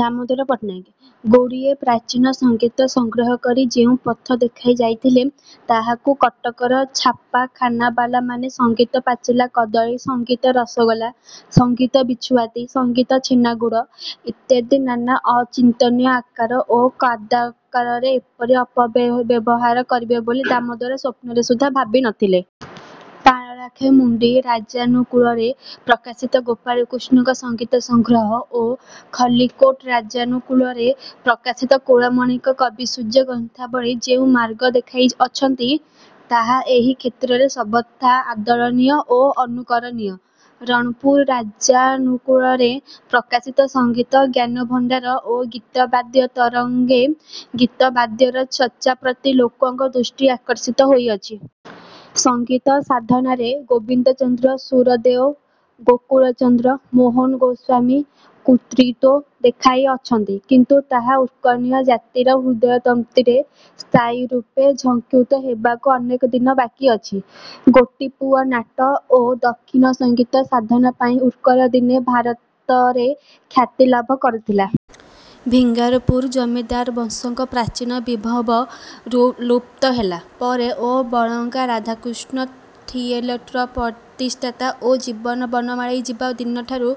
ଦାମୋଦର ପଟ୍ଟନାୟକ ଗୁଡ଼ିଏ ପ୍ରାଚୀନ ସଙ୍ଗୀତ ସଂଗ୍ରହକରି ଯେଉଁ ପଥ ଦେଖାଇ ଯାଇଥିଲେ, ତାହାକୁ କଟକର ଛାପାଖାନାବାଲାମାନେ ସଙ୍ଗୀତ ପାଚିଲା କଦଳୀ, ସଙ୍ଗୀତ ରସଗୋଲା, ସଙ୍ଗୀତ ବିଛୁଆତି, ସଙ୍ଗୀତ ଛେନାଗୁଡ଼ ଇତ୍ୟାଦି ନାନା ଅଚିନ୍ତନୀୟ ଆକାର ଓ କଦାକାରରେ ଏପରି ଅପବ୍ୟବହାର କରିବେ ବୋଲି ଦାମୋଦର ସ୍ୱପ୍ନରେ ସୁଦ୍ଧା ଭାବି ନଥିଲେ। ପାରଳାଖେମୁଣ୍ଡି ରାଜାନୁକୂଲ୍ୟରେ ପ୍ରକାଶିତ ଗୋପାଳକୃଷ୍ଣଙ୍କ ସଙ୍ଗୀତସଂଗ୍ରହ ଓ ଖଲିକୋଟ ରାଜାନୁକୂଲ୍ୟରେ ପ୍ରକାଶିତ କୁଳମଣିଙ୍କ କବିସୂର୍ଯ୍ୟ ଗ୍ରନ୍ଥାବଳୀ ଯେଉଁ ମାର୍ଗ ଦେଖାଇଅଛନ୍ତି, ତାହା ଏହି କ୍ଷେତ୍ରରେ ସର୍ବଥା ଆଦରଣୀୟ ଓ ଅନୁକରଣୀୟ। ରଣପୁର ରାଜାନୁକୂଲ୍ୟରେ ପ୍ରକାଶିତ ସଙ୍ଗୀତ ଜ୍ଞାନଭଣ୍ଡାର ଓ ଗୀତବାଦ୍ୟ ତରଙ୍ଗରେ ଗୀତବାଦ୍ୟର ଚର୍ଚ୍ଚାପ୍ରତି ଲୋକଙ୍କ ଦୃଷ୍ଟିଆକର୍ଷିତ ହୋଇଅଛି। ସଙ୍ଗୀତ ସାଧନାରେ ଗୋବିନ୍ଦଚନ୍ଦ୍ର ସୁରଦେଓ, ଗୋକୁଳଚନ୍ଦ୍ର, ମୋହନ ଗୋସ୍ୱାମୀ କୃତିତ୍ୱ ଦେଖାଇଅଛନ୍ତି, କିନ୍ତୁ ତାହା ଉତ୍କଳୀୟ ଜାତିର ହୃଦୟତନ୍ତ୍ରୀରେ ସ୍ଥାୟୀରୂପେ ଝଙ୍କୃତ ହେବାକୁ ଅନେକ ଦିନ ବାକି ଅଛି। ଗୋଟିପୁଅ ନାଟ ଓ ଦକ୍ଷିଣୀ ସଙ୍ଗୀତ ସାଧନାପାଇଁ ଉତ୍କଳ ଦିନେ ଭାରତରେ ଖ୍ୟାତି ଲାଭ କରିଥିଲା। ଭିଙ୍ଗାରପୁର ଜମିଦାରବଂଶଙ୍କ ପ୍ରାଚୀନ ବିଭବ ଲୁପ୍ତହେଲା ପରେ ଓ ବଳଙ୍ଗା ରାଧାକୃଷ୍ଣ ଥିଏଟରର ପ୍ରତିଷ୍ଠାତା ଓ ଜୀବନ ବନମାଳୀ ଯିବା ଦିନଠାରୁ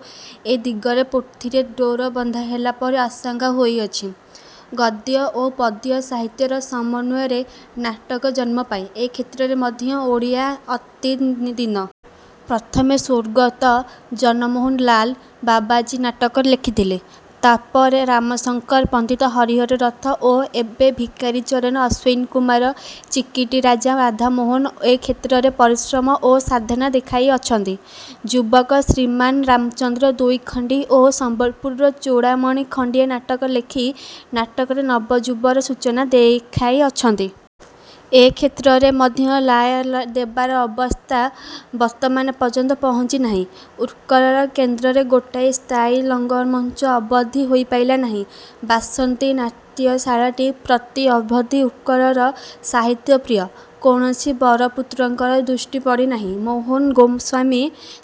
ଏ ଦିଗରେ ପୋଥିରେ ଡୋର ବନ୍ଧାହେଲା ପରି ଆଶଙ୍କା ହେଉଅଛି। ଗଦ୍ୟ ଓ ପଦ୍ୟ ସାହିତ୍ୟର ସମନ୍ୱୟରେ ନାଟକ ଜନ୍ମ ପାଏ। ଏ କ୍ଷେତ୍ରରେ ମଧ୍ୟ ଓଡ଼ିଆ ଅତି ଦୀନ। ପ୍ରଥମେ ସ୍ୱର୍ଗତ ଜଗମୋହନ ଲାଲ 'ବାବାଜୀ' ନାଟକ ଲେଖିଥିଲେ। ତତ୍ପରେ ରାମଶଙ୍କର, ପଣ୍ଡିତ ହରିହର ରଥ ଓ ଏବେ ଭିକାରୀଚରଣ, ଅଶ୍ୱିନୀକୁମାର, ଚିକିଟିରାଜା ରାଧାମୋହନ ଏ କ୍ଷେତ୍ରରେ ପରିଶ୍ରମ ଓ ସାଧନା ଦେଖାଇଅଛନ୍ତି। ଯୁବକ ଶ୍ରୀମାନ୍ ରାମଚନ୍ଦ୍ର ଦୁଇଖଣ୍ଡି ଓ ସମ୍ୱଲପୁରର ଚୂଡ଼ାମଣି ଖଣ୍ଡିଏ ନାଟକ ଲେଖି ନାଟକରେ ନବଯୁଗର ସୂଚନା ଦେଖାଇଅଛନ୍ତି। ଏ କ୍ଷେତ୍ରରେ ମଧ୍ୟ ରାୟ ଦେବାର ଅବସ୍ଥା ବର୍ତ୍ତମାନ ପର୍ଯ୍ୟନ୍ତ ପହଞ୍ଚି ନାହିଁ। ଉତ୍କଳର କେନ୍ଦ୍ରରେ ଗୋଟାଏ ସ୍ଥାୟୀ ରଙ୍ଗମଞ୍ଚ ଅବଧି ହୋଇପାରିଲା ନାହିଁ। ବାସନ୍ତୀ ନାଟ୍ୟଶାଳାଟି ପ୍ରତି ଅବଧି ଉତ୍କଳର ସାହିତ୍ୟପ୍ରିୟ କୌଣସି ବରପୁତ୍ରଙ୍କର ଦୃଷ୍ଟି ପଡ଼ିନାହିଁ। ମୋହନ ଗୋସ୍ୱାମୀ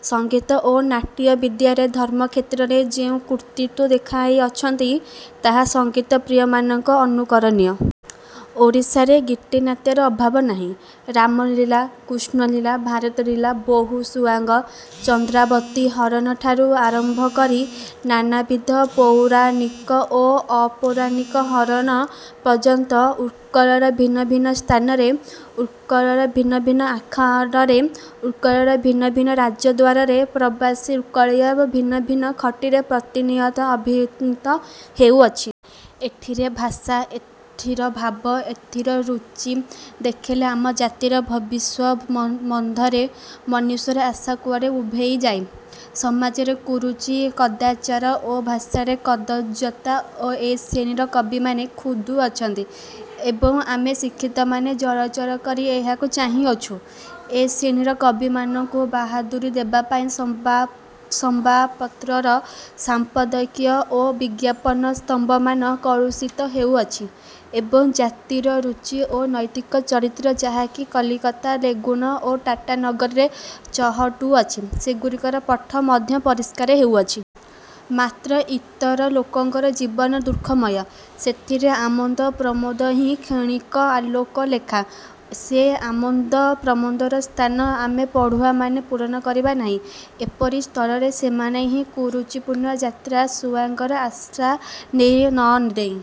ସଙ୍ଗୀତ ଓ ନାଟ୍ୟ ବିଦ୍ୟାରେ ଧର୍ମକ୍ଷେତ୍ରରେ ଯେଉଁ କୃତିତ୍ୱ ଦେଖାଇଅଛନ୍ତି, ତାହା ସଙ୍ଗୀତପ୍ରିୟମାନଙ୍କ ଅନୁକରଣୀୟ। ଓଡ଼ିଶାରେ ଗୀତିନାଟ୍ୟର ଅଭାବ ନାହିଁ। ରାମଲୀଳା, କୃଷ୍ଣଲୀଳା, ଭାରତଲୀଳା, ବୋହୂ ସୁଆଙ୍ଗ, ଚନ୍ଦ୍ରାବତୀହରଣଠାରୁ ଆରମ୍ଭ କରି ନାନାବିଧ ପୌରାଣିକ ଓ ଅପୌରାଣିକ ହରଣ ପର୍ଯ୍ୟନ୍ତ ଉତ୍କଳର ଭିନ୍ନ ଭିନ୍ନ ସ୍ଥାନରେ, ଉତ୍କଳର ଭିନ୍ନ ଭିନ୍ନ ଆଖଡ଼ାରେ, ଉତ୍କଳର ଭିନ୍ନ ଭିନ୍ନ ରାଜଦ୍ୱାରରେ, ପ୍ରବାସୀ ଉତ୍କଳୀୟଙ୍କ ଭିନ୍ନ ଭିନ୍ନ ଖଟିରେ ପ୍ରତିନିୟତ ଅଭିନୀତ ହେଉଅଛି। ଏଥିର ଭାଷା, ଏଥିର ଭାବ, ଏଥିର ରୁଚି ଦେଖିଲେ, ଆମ ଜାତିର ଭବିଷ୍ୟତ୍ସମ୍ୱନ୍ଧରେ ମନୁଷ୍ୟର ଆଶା କୁଆଡ଼େ ଉଭେଇଯାଏ। ସମାଜରେ କୁରୁଚି, କଦାଚାର ଓ ଭାଷାରେ କଦର୍ଯ୍ୟତା ଏ ଶ୍ରେଣୀର କବିମାନେ ଖୁନ୍ଦୁ ଅଛନ୍ତି ଏବଂ ଆମେ ଶିକ୍ଷିତମାନେ ଜଳଜଳ କରି ଏହାକୁ ଚାହିଁଅଛୁ। ଏ ଶ୍ରେଣୀର କବିମାନଙ୍କୁ ବାହାଦୁରୀ ଦେବାପାଇଁ ସମ୍ୱାପତ୍ରର ସମ୍ପାଦକୀୟ ଓ ବିଜ୍ଞାପନ ସ୍ତମ୍ଭମାନ କଳୁଷିତ ହେଉଅଛି ଏବଂ ଜାତିର ରୁଚି ଓ ନୈତିକ ଚରିତ୍ର ଯାହାକି କଲିକତା, ରେଙ୍ଗୁନ ଓ ଟାଟାନଗରରେ ଚହଟୁଅଛି, ସେଗୁଡ଼ିକର ପଥ ମଧ୍ୟ ପରିଷ୍କାର ହେଉଅଛି। ମାତ୍ର ଇତର ଲୋକଙ୍କର ଜୀବନ ଦୁଃଖମୟ; ସେଥିରେ ଆମୋଦ ପ୍ରମୋଦହିଁ କ୍ଷଣିକ ଆଲୋକରେଖା। ସେ ଆମୋଦ ପ୍ରମୋଦର ସ୍ଥାନ ଆମେ ପଢ଼ୁଆମାନେ ପୂରଣ କରିବା ନାହିଁ। ଏପରି ସ୍ଥଳରେ ସେମାନେ ଏହି କୁରୁଚିପୂର୍ଣ୍ଣ ଯାତ୍ରା ସୁଆଙ୍ଗର ଆଶ୍ରା ନ ନେଇ